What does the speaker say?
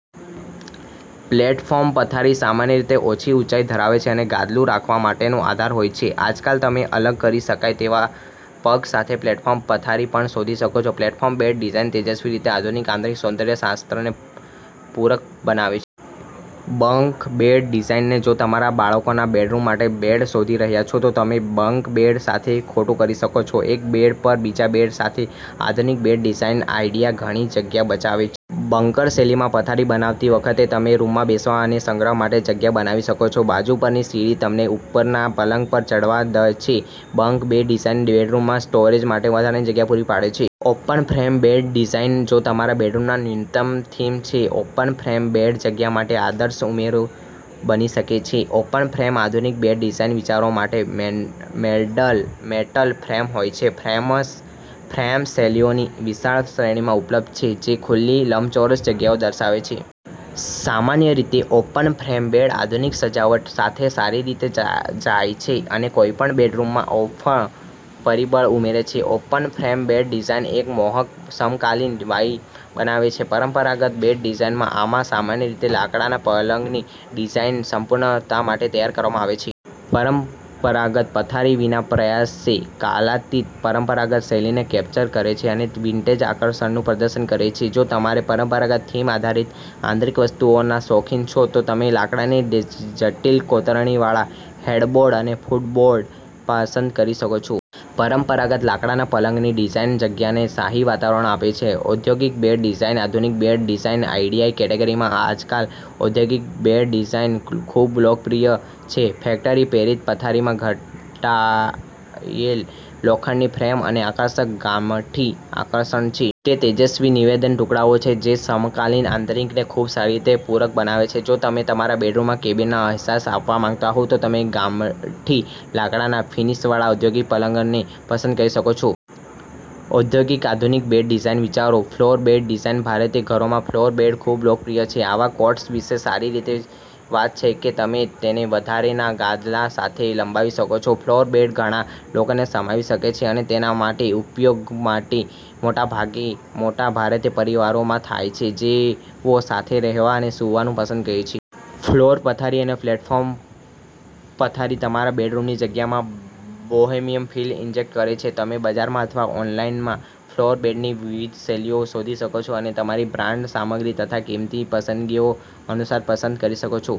Platform પથારી સામાન્ય રીતે ઓછી ઊંચાઈ ધરાવે છે અને ગાદલું રાખવા માટેનો આધાર હોય છે. આજકાલ, તમે અલગ કરી શકાય તેવા પગ સાથે પ્લેટફોર્મ પથારી પણ શોધી શકો છો. પ્લેટફોર્મ બેડ ડિઝાઇન તેજસ્વી રીતે આધુનિક આંતરિક સૌંદર્ય શાસ્ત્રને પૂરક બનાવે છે. બંક બેડ ડિઝાઇન જો તમે તમારા બાળકોના બેડરૂમ માટે બેડ શોધી રહ્યા છો, તો તમે બંક બેડ સાથે ખોટું કરી શકો. એક બેડ પર બીજા બેડ સાથે, આધુનિક બેડ ડિઝાઇન આઇડિયા ઘણી જગ્યા બચાવે છે. બંકર શૈલીમાં પથારી બનાવતી વખતે, તમે રૂમમાં બેસવા અને સંગ્રહ માટે જગ્યા બનાવી શકો છો. બાજુ પરની સીડી તમને ઉપરના પલંગ પર ચઢવા દે છે. બંક બેડ ડિઝાઇન બેડરૂમમાં સ્ટોરેજ માટે વધારાની જગ્યા પૂરી પાડે છે. ઓપન ફ્રેમ બેડ ડિઝાઇન જો તમારા બેડરૂમમાં ન્યૂનતમ થીમ છે, તો ઓપન ફ્રેમ બેડ જગ્યા માટે આદર્શ ઉમેરો બની શકે છે. ઓપન-ફ્રેમ આધુનિક બેડ ડિઝાઇન વિચારોમાં મેટલ ફ્રેમ હોય છે. ફ્રેમ્સ શૈલીઓની વિશાળ શ્રેણીમાં ઉપલબ્ધ છે જે ખુલ્લી લંબચોરસ જગ્યાઓ દર્શાવે છે. સામાન્ય રીતે, ઓપન ફ્રેમ બેડ આધુનિક સજાવટ સાથે સારી રીતે જાય છે અને કોઈપણ બેડરૂમમાં ઓમ્ફ પરિબળ ઉમેરે છે. ઓપન ફ્રેમ બેડ ડિઝાઇન એક મોહક સમકાલીન વાઇબ બનાવે છે. પરંપરાગત બેડ ડિઝાઇન આમાં સામાન્ય રીતે લાકડાના પલંગની ડિઝાઇન સંપૂર્ણતા માટે તૈયાર કરવામાં આવે છે. પરંપરાગત પથારી વિના પ્રયાસે કાલાતીત પરંપરાગત શૈલીને કેપ્ચર કરે છે અને વિન્ટેજ આકર્ષણનું પ્રદર્શન કરે છે. જો તમે પરંપરાગત થીમ આધારિત આંતરિક વસ્તુઓના શોખીન છો, તો તમે લાકડાની જટિલ કોતરણીવાળા હેડબોર્ડ અને ફૂટબોર્ડ પસંદ કરી શકો છો. પરંપરાગત લાકડાના પલંગની ડિઝાઇન જગ્યાને શાહી વાતાવરણ આપે છે. ઔદ્યોગિક બેડ ડિઝાઇન આધુનિક બેડ ડિઝાઇન આઇડિયા કેટેગરીમાં આજકાલ ઔદ્યોગિક બેડ ડિઝાઇન ખૂબ લોકપ્રિય છે. ફેક્ટરી-પ્રેરિત પથારીમાં ઘડાયેલ લોખંડની ફ્રેમ અને આકર્ષક ગામઠી આકર્ષણ છે. તે તેજસ્વી નિવેદન ટુકડાઓ છે જે સમકાલીન આંતરિકને ખૂબ સારી રીતે પૂરક બનાવે છે. જો તમે તમારા બેડરૂમમાં કેબિનનો અહેસાસ આપવા માંગતા હોવ તો તમે ગામઠી લાકડાના ફિનિશવાળા ઔદ્યોગિક પલંગને પસંદ કરી શકો છો. ઔદ્યોગિક આધુનિક બેડ ડિઝાઇન વિચારો. ફ્લોર બેડ ડિઝાઇન ભારતીય ઘરોમાં ફ્લોર બેડ ખૂબ લોકપ્રિય છે. આવા કોટ્સ વિશે સારી વાત છે કે તમે તેને વધારાના ગાદલા સાથે લંબાવી શકો છો. ફ્લોર બેડ ઘણા લોકોને સમાવી શકે છે અને તેનો ઉપયોગ મોટાભાગે મોટા ભારતીય પરિવારોમાં થાય છે જેઓ સાથે રહેવા અને સૂવાનું પસંદ કરે છે. ફ્લોર પથારી અને પ્લેટફોર્મ પથારી તમારા બેડરૂમની જગ્યામાં બોહેમિયન ફીલ ઇન્જેક્ટ કરે છે. તમે બજારમાં અથવા ઑનલાઇનમાં ફ્લોર બેડની વિવિધ શૈલીઓ શોધી શકો છો, અને તમારી બ્રાન્ડ, સામગ્રી તથા કિંમતની પસંદગીઓ અનુસાર પસંદ કરી શકો છો.